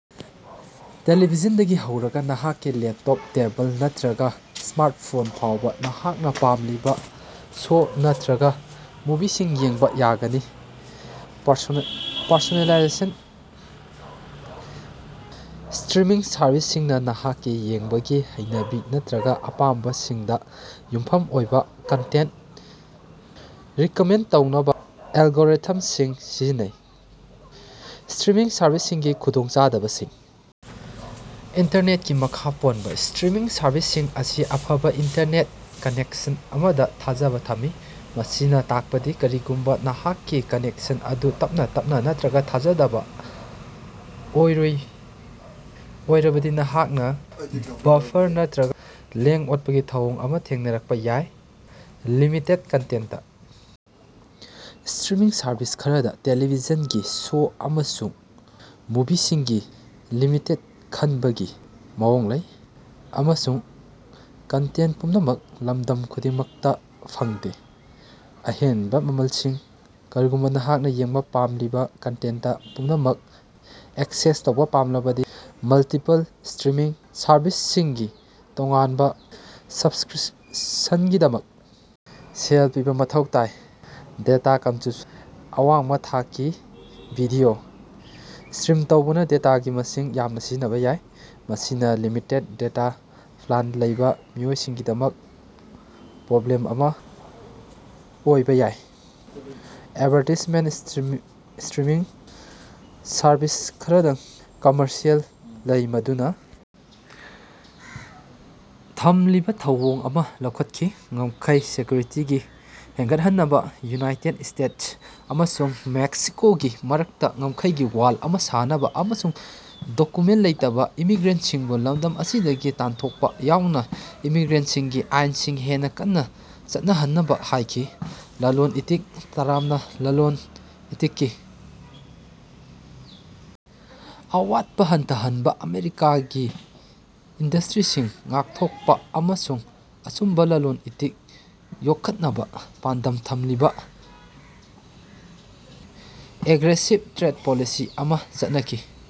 ꯇ‌ꯦꯂ‌ꯦꯚꯤꯖꯟꯗꯒꯤ ꯍꯧꯔꯒ ꯅꯍꯥꯛꯀꯤ laptop, table ꯅꯠꯇ꯭ꯔꯒ ꯁ꯭ꯃꯥꯔꯠꯐꯣꯟ ꯐꯥꯎꯕ ꯅꯍꯥꯛꯅ ꯄꯥꯝꯂꯤꯕ ꯁꯣ ꯅꯠꯇꯔꯒ ꯃꯨꯚꯤꯁꯤꯡ ꯌꯦꯡꯕ ꯌꯥꯒꯅꯤ꯫ ꯄꯔꯁꯣꯅꯦꯂꯥꯏꯖꯦꯁꯟ: ꯁ꯭ꯇꯔꯤꯃꯤꯡ ꯁꯔꯚꯤꯁꯁꯤꯡꯅ ꯅꯍꯥꯛꯀꯤ ꯌꯦꯡꯕꯒꯤ ꯍꯩꯅꯕꯤ ꯅꯠꯇ‌꯭ꯔꯒ ꯑꯄꯥꯝꯕꯁꯤꯡꯗ ꯌꯨꯝꯐꯝ ꯑꯣꯏꯕ ꯀꯟꯇꯦꯟ ꯔꯤꯀꯃꯦꯟ ꯇꯧꯅꯕ ꯑꯦꯜꯒꯣꯔꯤꯊꯝꯁꯤꯡ ꯁꯤꯖꯤꯟꯅꯩ꯫ ꯁ꯭ꯇꯔꯤꯃꯤꯡ ꯁꯔꯚꯤꯁꯁꯤꯡꯒꯤ ꯈꯨꯗꯣꯡꯆꯥꯗꯕꯁꯤꯡ: ꯏꯟꯇꯔꯅꯦꯠꯀꯤ ꯃꯈꯥ ꯄꯣꯟꯕ: ꯁ꯭ꯇꯔꯤꯃꯤꯡ ꯁꯔꯚꯤꯁꯁꯤꯡ ꯑꯁꯤ ꯑꯐꯕ ꯏꯟꯇꯔꯅꯦꯠ ꯀꯅꯦꯛꯁꯟ ꯑꯃꯗ ꯊꯥꯖꯕ ꯊꯝꯃꯤ, ꯃꯁꯤꯅ ꯇꯥꯛꯄꯗꯤ ꯀꯔꯤꯒꯨꯝꯕ ꯅꯍꯥꯛꯀꯤ ꯀꯅꯦꯛꯁꯟ ꯑꯗꯨ ꯇꯞꯅ ꯇꯞꯅ ꯅꯠꯇ‌꯭ꯔꯒ ꯊꯥꯖꯗꯕ ꯑꯣꯏꯔꯕꯗꯤ, ꯅꯍꯥꯛꯅ ꯕꯐꯔ ꯅꯠꯇ꯭ꯔꯒ ꯂꯦꯡ-ꯑꯣꯠꯄꯒꯤ ꯊꯧꯑꯣꯡ ꯑꯃ ꯊꯦꯡꯅꯔꯛꯄ ꯌꯥꯏ꯫ ꯂꯤꯃꯤꯇꯦꯗ ꯀꯟꯇꯦꯟꯇ: ꯁ꯭ꯇꯔꯤꯃꯤꯡ ꯁꯔꯚꯤꯁ ꯈꯔꯗ ꯇ‌ꯦꯂ‌ꯦꯚꯤꯖꯟꯒꯤ ꯁꯣ ꯑꯃꯁꯨꯡ ꯃꯨꯚꯤꯁꯤꯡꯒꯤ ꯂꯤꯃꯤꯇꯦꯗ ꯈꯟꯕꯒꯤ ꯃꯑꯣꯡ ꯂꯩ, ꯑꯃꯁꯨꯡ ꯀꯟꯇꯦꯟ ꯄꯨꯝꯅꯃꯛ ꯂꯝꯗꯝ ꯈꯨꯗꯤꯡꯃꯛꯇ ꯐꯪꯗꯦ꯫ ꯑꯍꯦꯟꯕ ꯃꯃꯜꯁꯤꯡ: ꯀꯔꯤꯒꯨꯝꯕ ꯅꯍꯥꯛꯅ ꯌꯦꯡꯕ ꯄꯥꯝꯂꯤꯕ ꯀꯟꯇꯦꯟꯇ ꯄꯨꯝꯅꯃꯛ ꯑꯦꯛꯁꯦꯁ ꯇꯧꯕ ꯄꯥꯝꯂꯕꯗꯤ ꯃꯜꯇꯤꯄꯜ ꯁ꯭ꯇꯔꯤꯃꯤꯡ ꯁꯔꯚꯤꯁꯁꯤꯡꯒꯤ ꯇꯣꯉꯥꯟꯕ ꯁꯕꯁ꯭ꯀꯔꯤꯞꯁꯟꯁꯤꯡꯒꯤꯗꯃꯛ ꯁꯦꯜ ꯄꯤꯕ ꯃꯊꯧ ꯇꯥꯏ꯫ ꯗꯦꯇꯥ ꯀꯟꯖꯨꯝꯁꯟ: ꯑꯋꯥꯡꯕ ꯊꯥꯛꯀꯤ ꯚꯤꯗꯤꯑꯣ ꯁ꯭ꯇꯔꯤꯝ ꯇꯧꯕꯅ ꯗꯦꯇꯥꯒꯤ ꯃꯁꯤꯡ ꯌꯥꯝꯅ ꯁꯤꯖꯤꯟꯅꯕ ꯌꯥꯏ, ꯃꯁꯤꯅ ꯂꯤꯃꯤꯇꯦꯗ ꯗꯦꯇꯥ ꯄ꯭ꯂꯥꯟ ꯂꯩꯕ ꯃꯤꯑꯣꯏꯁꯤꯡꯒꯤꯗꯃꯛ ꯄ꯭ꯔꯣꯕ꯭ꯂꯦꯝ ꯑꯃ ꯑꯣꯏꯕ ꯌꯥꯏ꯫ ꯑꯦꯗꯚꯥꯔꯇꯥꯏꯖꯃꯦꯟꯠ: ꯁ꯭ꯇꯔꯤꯃꯤꯡ ꯁꯔꯚꯤꯁ ꯈꯔꯗꯥꯡ ꯀꯝꯃꯔꯁꯤꯑꯦꯜ ꯂꯩ, ꯃꯗꯨꯅ ꯊꯝꯂꯤꯕ ꯊꯧꯑꯣꯡ ꯑꯃ ꯂꯧꯈꯠꯈꯤ, ꯉꯝꯈꯩꯒꯤ ꯁꯦꯀ꯭ꯌꯨꯔꯤꯇꯤ ꯍꯦꯟꯒꯠꯍꯟꯅꯕ, ꯌꯨꯅꯥꯏꯇꯦꯗ ꯁ꯭ꯇꯦꯇꯁ ꯑꯃꯁꯨꯡ ꯃꯦꯛꯁꯤꯀꯣꯒꯤ ꯃꯔꯛꯇ ꯉꯝꯈꯩꯒꯤ ꯋꯥꯜ ꯑꯃ ꯁꯥꯅꯕ, ꯑꯃꯁꯨꯡ ꯗꯣꯀꯨꯃꯦꯟ ꯂꯩꯇꯕ ꯏꯃꯤꯒ꯭ꯔꯦꯟꯠꯁꯤꯡꯕꯨ ꯂꯝꯗꯝ ꯑꯁꯤꯗꯒꯤ ꯇꯥꯟꯊꯣꯛꯄ ꯌꯥꯎꯅ ꯏꯃꯤꯒ꯭ꯔꯦꯁꯟꯒꯤ ꯑꯥꯏꯟꯁꯤꯡ ꯍꯦꯟꯅ ꯀꯟꯅ ꯆꯠꯅꯍꯟꯅꯕ ꯍꯥꯏꯈꯤ꯫ ꯂꯂꯣꯟ-ꯏꯇꯤꯛ: ꯇ꯭ꯔꯝꯞꯅ ꯂꯂꯣꯟ-ꯏꯇꯤꯛꯀꯤ ꯑꯋꯥꯠꯄꯥ ꯍꯟꯊꯍꯟꯕ, ꯑꯃꯦꯔꯤꯀꯥꯒꯤ ꯏꯟꯗꯁ꯭ꯇꯔꯤꯁꯤꯡ ꯉꯥꯛꯊꯣꯛꯄ ꯑꯃꯁꯨꯡ ꯑꯆꯨꯝꯕ ꯂꯂꯣꯟ-ꯏꯇꯤꯛ ꯌꯣꯛꯈꯠꯅꯕ ꯄꯥꯟꯗꯝ ꯊꯝꯂꯤꯕ ꯑꯦꯒ꯭ꯔꯦꯁꯤꯕ ꯇ꯭ꯔꯦꯗ ꯄꯣꯂꯤꯁꯤ ꯑꯃꯥ ꯆꯠꯅꯈꯤ꯫